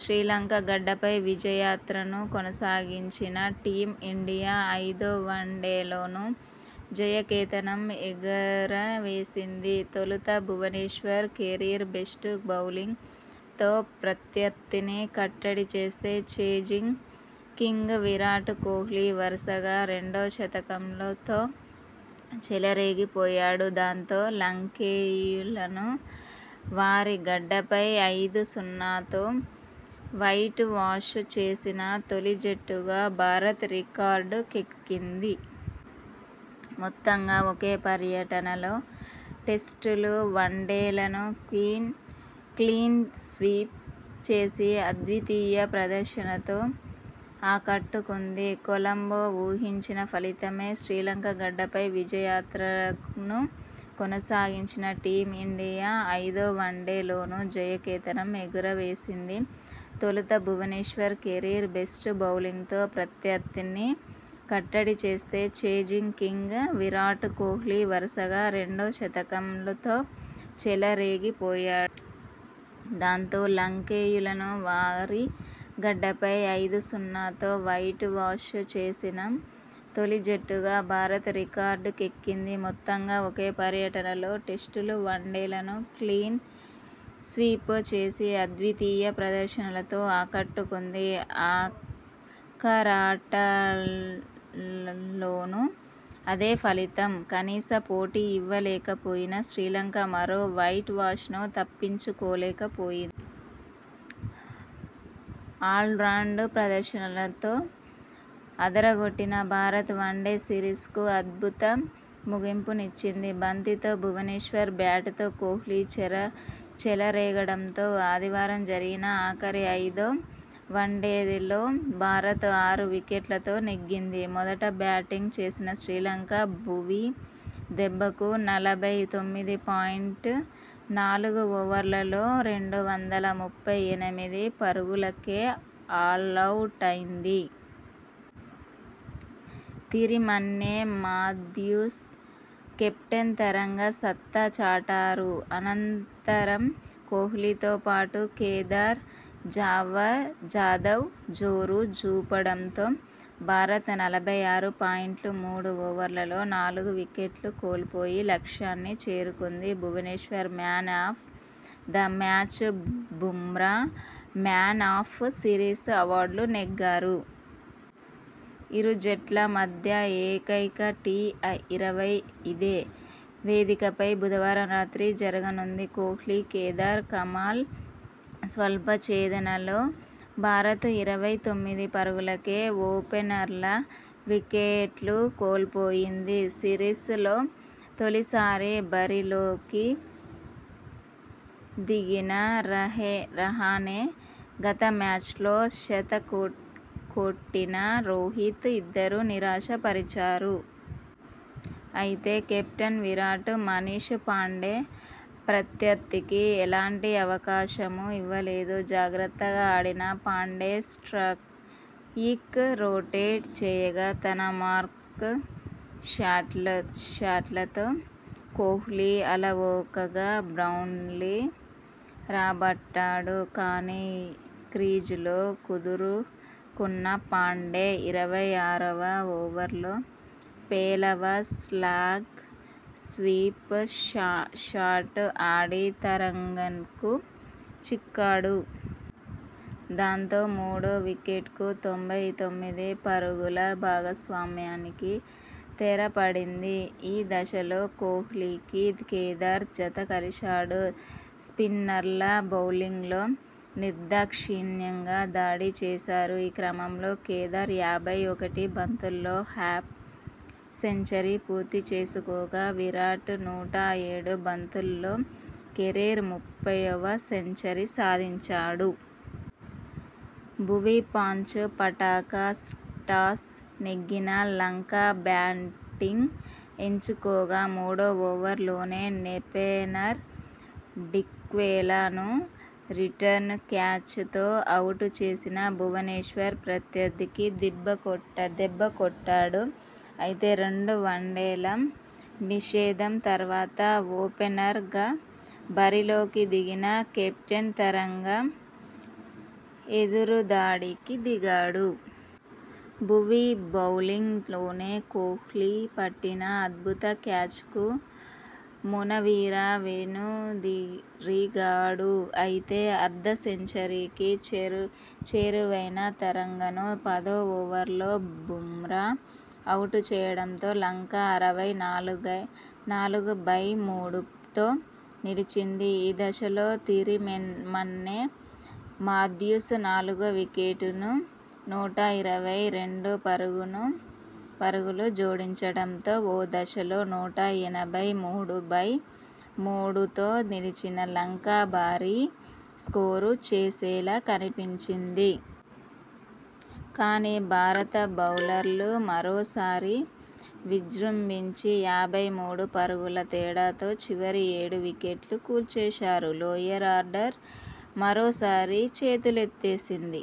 శ్రీలంక గడ్డపై విజయయాత్రను కొనసాగించిన టీం ఇండియా ఐదో వన్డేలోనూ జయ కేతనం ఎగురవేసింది. తొలుత భువనేశ్వర్ కెరీర్ బెస్ట్ బౌలింగ్ తో ప్రత్యర్థిని కట్టడి చేస్తే ఛేజింగ్ కింగ్ విరాట్ కోహ్లీ వరుసగా రెండో శతకంతో చెలరేగిపోయాడు. దాంతో, లంకేయులను వారి గడ్డపై ఐదు సున్నాతో వైట్ వాష్ చేసిన తొలి జట్టుగా భారత్ రికార్డుకెక్కింది. మొత్తంగా ఒకే పర్యటనలో టెస్టులు, వన్డేలను క్లీన్ స్వీప్ చేసి అద్వితీయ ప్రదర్శనతో ఆకట్టుకుంది. కొలంబో ఊహించిన ఫలితమే. శ్రీలంక గడ్డపై విజయయాత్రను కొనసాగించిన టీం ఇండియా ఐదో వన్డే లోనూ జయకేతనం ఎగురవేసింది. తొలుత భువనేశ్వర్ కెరీర్ బెస్ట్ బౌలింగ్ తో ప్రత్యర్థిని కట్టడి చేస్తే ఛేజింగ్ కింగ్ విరాట్ కోహ్లీ వరుసగా రెండో శతకంతో చెలరేగిపోయాడు. దాంతో, లంకేయులను వారిగడ్డపై ఐదు సున్నాతో వైట్ వాష్ చేసిన తొలి జట్టుగా భారత్ రికార్డుకెక్కింది. మొత్తంగా ఒకే పర్యటనలో టెస్టులు, వన్డేలను క్లీన్ స్వీప్ చేసి అద్వితీయ ప్రదర్శనతో ఆకట్టుకుంది. ఆఖరాటలోనూ అదే ఫలితం. కనీస పోటీ ఇవ్వలేకపోయిన శ్రీలంక మరో వైట్ వాష్ ను తప్పించుకోలేకపోయింది. ఆల్రౌండ్ ప్రదర్శన లాతో అదరగొట్టిన భారత్ వన్డే సిరీస్ కు అద్భుత ముగింపు నిచ్చింది. బంతితో భువనేశ్వర్, బ్యాట్ తో కోహ్లీ చెలరేగడంతో ఆదివారం జరిగిన ఆఖరి, ఐదో వన్డేలో భారత్ ఆరు వికెట్లతో నెగ్గింది. మొదట బ్యాటింగ్ చేసిన శ్రీలంక. భువీ దెబ్బకు నలభై తొమ్మిది పాయింట్ నాలుగు ఓవర్లలో రెండు వందల ముప్పై ఎనిమిది పరుగులకే ఆలౌటైంది. తిరిమన్నె, మాథ్యూస్, కెప్టెన్ తరంగ సత్తా చాటారు. అనంతరం కోహ్లీతో పాటు కేదార్ జాదవ్ జోరు చూపడంతో భారత్ నలభై ఆరు పాయింట్ మూడు ఓవర్లలో నాలుగు వికెట్లు కోల్పోయి లక్ష్యాన్ని చేరుకుంది. Bhuvneshwar 'man of the match', Bumrah 'man of series' అవార్డులు నెగ్గారు. ఇరు జట్ల మధ్య ఏకైక టీ ఇరవై ఇదే వేదికపై బుధవారం రాత్రి జరగనుంది. కోహ్లీ, కేదార్ కమాల్ స్వల్ప ఛేదనలో భారత్ ఇరవై తొమ్మిది పరుగులకే ఓపెనర్ల వికెట్లు కోల్పోయింది. సిరీస్ లో తొలిసారి బరిలోకి దిగిన రహానె, గత మ్యాచ్లో శతక్కొట్టిన రోహిత్ ఇద్దరూ నిరాశ పరిచారు. అయితే, కెప్టెన్ విరాట్, మనీష్ పాండే ప్రత్యర్థికి ఎలాంటి అవకాశమూ ఇవ్వలేదు. జాగ్రత్తగా ఆడిన పాండే స్ట్రయిక్ రొటేట్ చేయగా. తన మార్కు షాట్లతో కోహ్లీ అలవోకగా బౌండ్రీలు రాబట్టాడు. కానీ, క్రీజులో కుదురుకున్న పాండే. ఇరవై ఆరువ ఓవర్ లో పేలవ స్లాగ్ స్వీప్ షాట్ ఆడి తరంగకు చిక్కాడు. దాంతో, మూడో వికెట్ కు తొంభై తొమ్మిది పరుగుల భాగస్వామ్యానికి తెరపడింది. ఈ దశలో కోహ్లీకి కేదార్ జతకలిశాడు. స్పిన్నర్ల బౌలింగ్ లో నిర్దాక్షిణ్యంగా దాడి చేశారు. ఈ క్రమంలో కేదార్ యాభై ఒకటి బంతుల్లో హాఫ్ సెంచరీ పూర్తి చేసుకోగా. విరాట్ నూట ఏడు బంతుల్లో కెరీర్ ముప్పైవ సెంచరీ సాధించాడు. భువీ పాంచ్ పటాకా టాస్ నెగ్గిన లంక బ్యాటింగ్ ఎంచుకోగా. మూడో ఓవర్ లోనే నేపెనర్ డిక్వెలా ను రిటర్న్ క్యాచ్ తో అవుట్ చేసిన భువనేశ్వర్ ప్రత్యర్థిని దెబ్బకొట్టాడు. అయితే, రెండు వన్డేల నిషేధం తర్వాత ఓపెనర్ గా బరిలోకి దిగిన కెప్టెన్ తరంగ ఎదురుదాడికి దిగాడు. భువీ బౌలింగ్ లోనే కోహ్లీ పట్టిన అద్భుత క్యాచ్ కు మునవీర వెనుదిరిగాడు. అయితే, అర్ధ సెంచరీకి చేరువైన తరంగను పదో ఓవర్లో బుమ్రా అవుట్ చేయడంతో లంక అరవై నాలుగు బై మూడుతో నిలిచింది. ఈ దశలో తిరిమన్నె, మాథ్యూస్ నాలుగో వికెట్ ను నూట ఇరవై రెండు పరుగులు జోడించడంతో ఓ దశలో నూట ఎనభై మూడు బై మూడుతో నిలిచిన లంక భారీ స్కోరు చేసేలా కనిపించింది. కానీ, భారత బౌలర్లు మరోసారి విజృంభించి యాభై మూడు పరుగుల తేడాతో చివరి ఏడు వికెట్లు కూల్చేశారు. లోయర్ ఆర్డర్ మరోసారి చేతులెత్తేసింది.